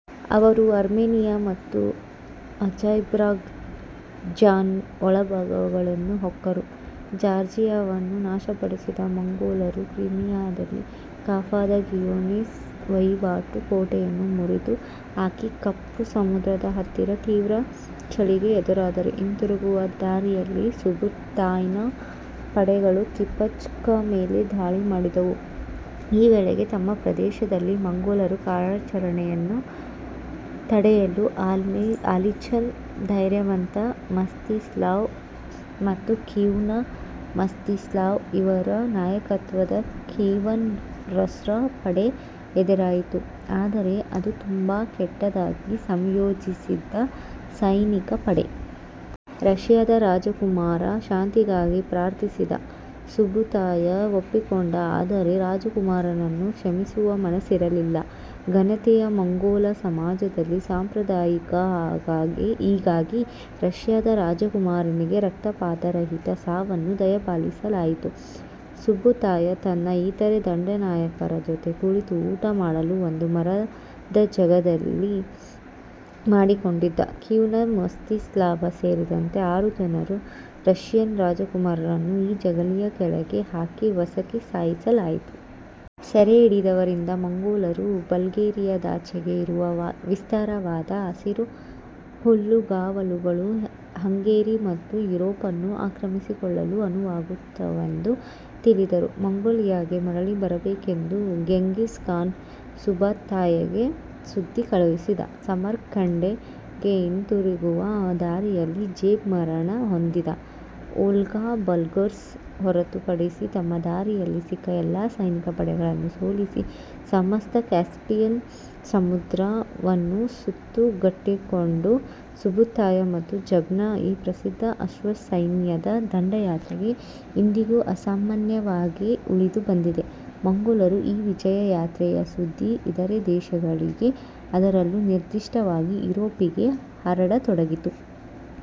ಅವರು ಆರ್ಮೇನಿಯಾ ಮತ್ತು ಅಝೆರ್ಬೈಜಾನ್ನ ಒಳಭಾಗಗಳನ್ನು ಹೊಕ್ಕರು. ಜಾರ್ಜಿಯಾವನ್ನು ನಾಶಪಡಿಸಿದ ಮಂಗೋಲರು ಕ್ರಿಮಿಯಾದಲ್ಲಿ ಕಾಫಾದ ಗಿನೋಯಿಸ್ ವಹಿವಾಟು ಕೋಟೆಯನ್ನು ಮುರಿದು ಹಾಕಿ ಕಪ್ಪು ಸಮುದ್ರದ ಹತ್ತಿರ ತೀವ್ರ ಚಳಿಗೆ ಎದುರಾದರು. ಹಿಂತಿರುಗುವ ದಾರಿಯಲ್ಲಿ ಸುಬುತಾಯ್ನ ಪಡೆಗಳು ಕಿಪ್ಚಕ್ ಮೇಲೆ ದಾಳಿ ಮಾಡಿದವು, ಈ ವೇಳೆಗೆ ತಮ್ಮ ಪ್ರದೇಶದಲ್ಲಿ ಮಂಗೋಲರ ಕಾರ್ಯಾಚರಣೆಯನ್ನು ತಡೆಯಲು ಹಾಲಿಚ್ನ ಧೈರ್ಯವಂತ ಮಸ್ತಿಸ್ಲಾವ್ ಮತ್ತು ಕೀವ್ನ ಮಸ್ತಿಸ್ಲಾವ್ ಇವರ ನಾಯಕತ್ವದ ಕೀವನ್ ರಸ್ರ ಪಡೆ ಎದುರಾಯಿತು, ಆದರೆ ಅದು ತುಂಬಾ ಕೆಟ್ಟದಾಗಿ ಸಂಯೋಜಿಸಿದ್ದ ಸೈನಿಕ ಪಡೆ. ರಷಿಯಾದ ರಾಜಕುಮಾರ ಶಾಂತಿಗಾಗಿ ಪ್ರಾರ್ಥಿಸಿದ. ಸುಬುತಾಯ್ ಒಪ್ಪಿಕೊಂಡ ಆದರೆ ರಾಜಕುಮಾರನನ್ನು ಕ್ಷಮಿಸುವ ಮನಸ್ಸಿರಲಿಲ್ಲ. ಘನತೆಯ ಮಂಗೋಲ್ ಸಮಾಜದಲ್ಲಿ ಸಾಂಪ್ರದಾಯಿಕ, ಹೀಗಾಗಿ ರಷಿಯಾದ ರಾಜಕುಮಾರನಿಗೆ ರಕ್ತಪಾತರಹಿತ ಸಾವನ್ನು ದಯಪಾಲಿಸಲಾಯಿತು. ಸುಬುತಾಯ್ ತನ್ನ ಇತರೆ ದಂಡನಾಯಕರ ಜೊತೆ ಕುಳಿತು ಊಟ ಮಾಡಲು ಒಂದು ಮರದ ಜಗಲಿ ಮಾಡಿಕೊಂಡಿದ್ದ. ಕೀವ್ನ ಮಸ್ತಿಸ್ಲಾವ್ ಸೇರಿದಂತೆ ಆರು ಜನ ರಷಿಯನ್ ರಾಜಕುಮಾರರನ್ನು ಈ ಜಗಲಿಯ ಕೆಳಗೆ ಹಾಕಿ ಒಸಕಿ ಸಾಯಿಸಲಾಯಿತು. ಸೆರೆಹಿಡಿದವರಿಂದ ಮಂಗೋಲರು ಬಲ್ಗೇರಿಯಾದಾಚೆಗೆ ಇರುವ ವಿಸ್ತಾರವಾದ ಹಸಿರು ಹುಲ್ಲುಗಾವಲುಗಳು ಹಂಗೇರಿ ಮತ್ತು ಯೂರೋಪನ್ನು ಆಕ್ರಮಿಸಿಕೊಳ್ಳಲು ಅನುವಾಗುತ್ತವೆಂದು ತಿಳಿದರು. ಮಂಗೋಲಿಯಾಗೆ ಮರಳಿ ಬರಬೇಕೆಂದು ಗೆಂಘಿಸ್ ಖಾನ್ ಸುಬುತಾಯ್ಗೆ ಸುದ್ದಿ ಕಳುಹಿಸಿದ, ಸಮರ್ಕಂಡ್ಗೆ ಹಿಂತಿರುಗುವ ದಾರಿಯಲ್ಲಿ ಜೆಬ್ ಮರಣ ಹೊಂದಿದ. ವೊಲ್ಗಾ ಬಲ್ಗರ್ಸ್ ಹೊರತು ಪಡಿಸಿ ತಮ್ಮ ದಾರಿಯಲ್ಲಿ ಸಿಕ್ಕ ಎಲ್ಲಾ ಸೈನಿಕಪಡೆಗಳನ್ನು ಸೋಲಿಸಿ ಸಮಸ್ತ ಕ್ಯಾಸ್ಪಿಯನ್ ಸಮುದ್ರವನ್ನು ಸುತ್ತುಗಟ್ಟಿಕೊಂಡ ಸುಬುತಾಯ್ ಮತ್ತು ಜೆಬ್ನ ಈ ಪ್ರಸಿದ್ಧ ಅಶ್ವಸೈನ್ಯದ ದಂಡಯಾತ್ರೆ ಇಂದಿಗೂ ಅಸಾಮಾನ್ಯವಾಗೇ ಉಳಿದು ಬಂದಿದೆ, ಮಂಗೋಲರ ಈ ವಿಜಯ ಯಾತ್ರೆಯ ಸುದ್ಧಿ ಇದರೆ ದೇಶಗಳಿಗೆ ಅದರಲ್ಲೂ ನಿರ್ಧಿಷ್ಟವಾಗಿ ಯೂರೋಪಿಗೆ ಹರಡತೊಡಗಿತು..